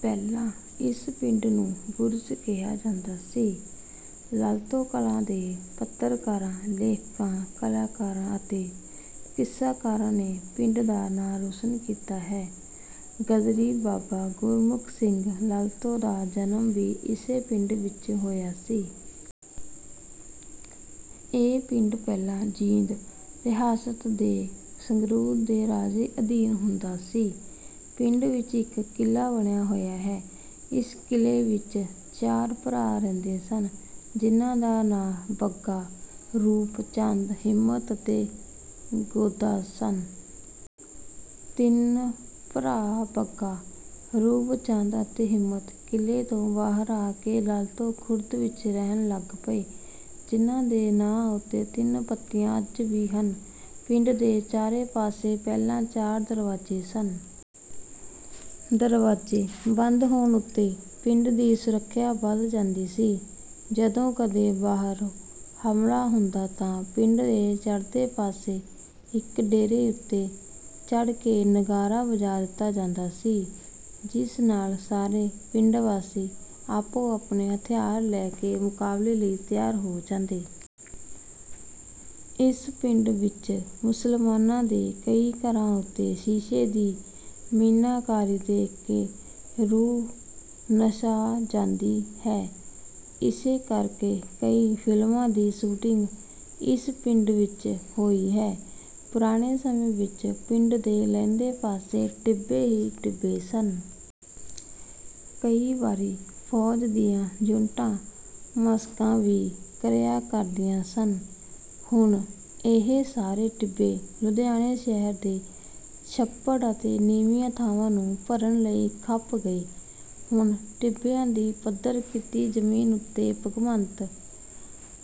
ਪਹਿਲਾਂ ਇਸ ਪਿੰਡ ਨੂੰ ਬੁਰਜ ਕਿਹਾ ਜਾਂਦਾ ਸੀ। ਲਲਤੋਂ ਕਲਾਂ ਦੇ ਪੱਤਰਕਾਰਾਂ, ਲੇਖਕਾਂ, ਕਲਾਕਾਰਾਂ ਅਤੇ ਕਿੱਸਾਕਾਰਾਂ ਨੇ ਪਿੰਡ ਦਾ ਨਾਂ ਰੌਸ਼ਨ ਕੀਤਾ ਹੈ। ਗ਼ਦਰੀ ਬਾਬਾ ਗੁਰਮੁਖ ਸਿੰਘ ਲਲਤੋਂ ਦਾ ਜਨਮ ਵੀ ਇਸੇ ਪਿੰਡ ਵਿੱਚ ਹੋਇਆ ਸੀ। ਇਹ ਪਿੰਡ ਪਹਿਲਾਂ ਜੀਂਦ ਰਿਆਸਤ ਦੇ ਸੰਗਰੂਰ ਦੇ ਰਾਜੇ ਅਧੀਨ ਹੁੰਦਾ ਸੀ। ਪਿੰਡ ਵਿੱਚ ਇੱਕ ਕਿਲ੍ਹਾ ਬਣਿਆ ਹੋਇਆ ਹੈ। ਇਸ ਕਿਲ੍ਹੇ ਵਿੱਚ ਚਾਰ ਭਰਾ ਰਹਿੰਦੇ ਸਨ ਜਿਨ੍ਹਾਂ ਦੇ ਨਾਂ ਬੱਗਾ, ਰੂਪ ਚੰਦ, ਹਿੰਮਤ ਅਤੇ ਗੋਦਾਂ ਸਨ। ਤਿੰਨ ਭਰਾ ਬੱਗਾ, ਰੂਪ ਚੰਦ ਅਤੇ ਹਿੰਮਤ ਕਿਲ੍ਹੇ ਤੋਂ ਬਾਹਰ ਆ ਕੇ ਲਲਤੋਂ ਖੁਰਦ ਵਿੱਚ ਰਹਿਣ ਲੱਗ ਪਏ। ਜਿਨ੍ਹਾਂ ਦੇ ਨਾਂ ਉੱਤੇ ਤਿੰਨ ਪੱਤੀਆਂ ਅੱਜ ਵੀ ਹਨ। ਪਿੰਡ ਦੇ ਚਾਰੇ ਪਾਸੇ ਪਹਿਲਾਂ ਚਾਰ ਦਰਵਾਜ਼ੇ ਸਨ। ਦਰਵਾਜ਼ੇ ਬੰਦ ਹੋਣ ਉੱਤੇ ਪਿੰਡ ਦੀ ਸੁਰੱਖਿਆ ਵੱਧ ਜਾਂਦੀ ਸੀ। ਜਦੋਂ ਕਦੇ ਬਾਹਰੋਂ ਹਮਲਾ ਹੁੰਦਾ, ਤਾਂ ਪਿੰਡ ਦੇ ਚੜ੍ਹਦੇ ਪਾਸੇ ਇੱਕ ਡੇਰੇ ਉੱਤੇ ਚੜ੍ਹ ਕੇ ਨਗਾਰਾ ਵਜਾ ਦਿੱਤਾ ਜਾਂਦਾ ਸੀ। ਜਿਸ ਨਾਲ ਸਾਰੇ ਪਿੰਡ ਵਾਸੀ ਆਪੋ-ਆਪਣੇ ਹਥਿਆਰ ਲੈ ਕੇ ਮੁਕਾਬਲੇ ਲਈ ਤਿਆਰ ਹੋ ਜਾਂਦੇ। ਇਸ ਪਿੰਡ ਵਿੱਚ ਮੁਸਲਮਾਨਾਂ ਦੇ ਕਈ ਘਰਾਂ ਉੱਤੇ ਸ਼ੀਸ਼ੇ ਦੀ ਮੀਨਾਕਾਰੀ ਦੇਖ ਕੇ ਰੂਹ ਨਸ਼ਾ ਜਾਂਦੀ ਹੈ। ਇਸੇ ਕਰਕੇ ਕਈ ਫ਼ਿਲਮਾਂ ਦੀ ਸ਼ੂਟਿੰਗ ਇਸ ਪਿੰਡ ਵਿੱਚ ਹੋਈ ਹੈ। ਪੁਰਾਣੇ ਸਮੇਂ ਵਿੱਚ ਪਿੰਡ ਦੇ ਲਹਿੰਦੇ ਪਾਸੇ ਟਿੱਬੇ ਹੀ ਟਿੱਬੇ ਸਨ। ਕਈ ਵਾਰੀ ਫ਼ੌਜ ਦੀਆਂ ਯੂਨਿਟਾਂ ਮਸ਼ਕਾਂ ਵੀ ਕਰਿਆ ਕਰਦੀਆਂ ਸਨ। ਹੁਣ ਇਹ ਸਾਰੇ ਟਿੱਬੇ ਲੁਧਿਆਣੇ ਸ਼ਹਿਰ ਦੇ ਛੱਪੜ ਅਤੇ ਨੀਵੀਆਂ ਥਾਵਾਂ ਨੂੰ ਭਰਨ ਲਈ ਖਪ ਗਏ। ਹੁਣ ਟਿੱਬਿਆਂ ਦੀ ਪੱਧਰ ਕੀਤੀ ਜ਼ਮੀਨ ਉੱਤੇ ਭਗਵੰਤ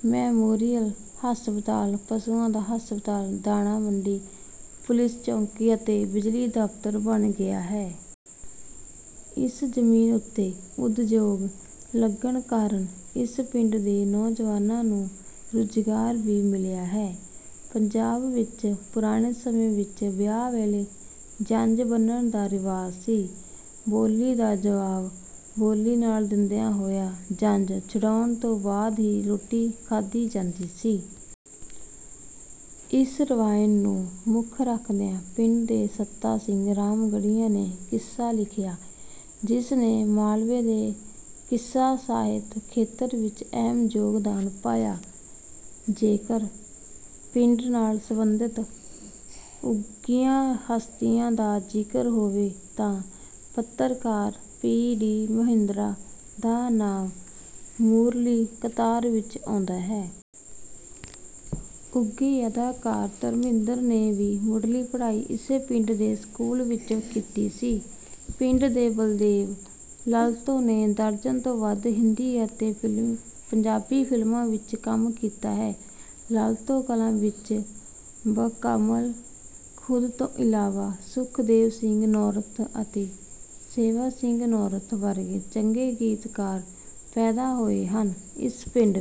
ਮੈਮੋਰੀਅਲ ਹਸਪਤਾਲ, ਪਸ਼ੂਆਂ ਦਾ ਹਸਪਤਾਲ, ਦਾਣਾ ਮੰਡੀ, ਪੁਲੀਸ ਚੌਕੀ ਅਤੇ ਬਿਜਲੀ ਦਫ਼ਤਰ ਬਣ ਗਿਆ ਹੈ। ਇਸ ਜ਼ਮੀਨ ਉੱਤੇ ਉਦਯੋਗ ਲੱਗਣ ਕਾਰਨ ਇਸ ਪਿੰਡ ਦੇ ਨੌਜਵਾਨਾਂ ਨੂੰ ਰੁਜ਼ਗਾਰ ਵੀ ਮਿਲਿਆ ਹੈ। ਪੰਜਾਬ ਵਿੱਚ ਪੁਰਾਣੇ ਸਮੇਂ ਵਿੱਚ ਵਿਆਹ ਵੇਲੇ ਜੰਝ ਬੰਨ੍ਹਣ ਦਾ ਰਿਵਾਜ ਸੀ। ਬੋਲੀ ਦਾ ਜਵਾਬ ਬੋਲੀ ਨਾਲ ਦਿੰਦਿਆਂ ਹੋਇਆਂ ਜੰਝ ਛੁਡਾਉਣ ਤੋਂ ਬਾਅਦ ਹੀ ਰੋਟੀ ਖਾਧੀ ਜਾਂਦੀ ਸੀ। ਇਸ ਰਵਾਇਤ ਨੂੰ ਮੁੱਖ ਰੱਖਦਿਆਂ ਪਿੰਡ ਦੇ ਸੰਤਾ ਸਿੰਘ ਰਾਮਗੜ੍ਹੀਆ ਨੇ ਕਿੱਸਾ ਲਿਖਿਆ, ਜਿਸ ਨੇ ਮਾਲਵੇ ਦੇ ਕਿੱਸਾ ਸਾਹਿਤ ਖੇਤਰ ਵਿੱਚ ਅਹਿਮ ਯੋਗਦਾਨ ਪਾਇਆ। ਜੇਕਰ ਪਿੰਡ ਨਾਲ ਸਬੰਧਤ ਉੱਘੀਆਂ ਹਸਤੀਆਂ ਦਾ ਜ਼ਿਕਰ ਹੋਵੇ, ਤਾਂ ਪੱਤਰਕਾਰ ਪੀ ਡੀ ਮਹਿੰਦਰਾ ਦਾ ਨਾਮ ਮੂਹਰਲੀ ਕਤਾਰ ਵਿੱਚ ਆਉਂਦਾ ਹੈ। ਉੱਘੇ ਅਦਾਕਾਰ ਧਰਮਿੰਦਰ ਨੇ ਵੀ ਮੁਢਲੀ ਪੜ੍ਹਾਈ ਇਸੇ ਪਿੰਡ ਦੇ ਸਕੂਲ ਵਿੱਚੋਂ ਕੀਤੀ ਸੀ। ਪਿੰਡ ਦੇ ਬਲਦੇਵ ਲਲਤੋਂ ਨੇ ਦਰਜਨ ਤੋਂ ਵੱਧ ਹਿੰਦੀ ਅਤੇ ਪੰਜਾਬੀ ਫ਼ਿਲਮਾਂ ਵਿੱਚ ਕੰਮ ਕੀਤਾ ਹੈ। ਲਲਤੋਂ ਕਲਾਂ ਵਿੱਚ ਬਕਲਮਖੁਦ ਤੋਂ ਇਲਾਵਾ ਸੁਖਦੇਵ ਸਿੰਘ ਨੌਰਥ ਅਤੇ ਸੇਵਾ ਸਿੰਘ ਨੌਰਥ ਵਰਗੇ ਚੰਗੇ ਗੀਤਕਾਰ ਪੈਦਾ ਹੋਏ ਹਨ। ਇਸ ਪਿੰਡ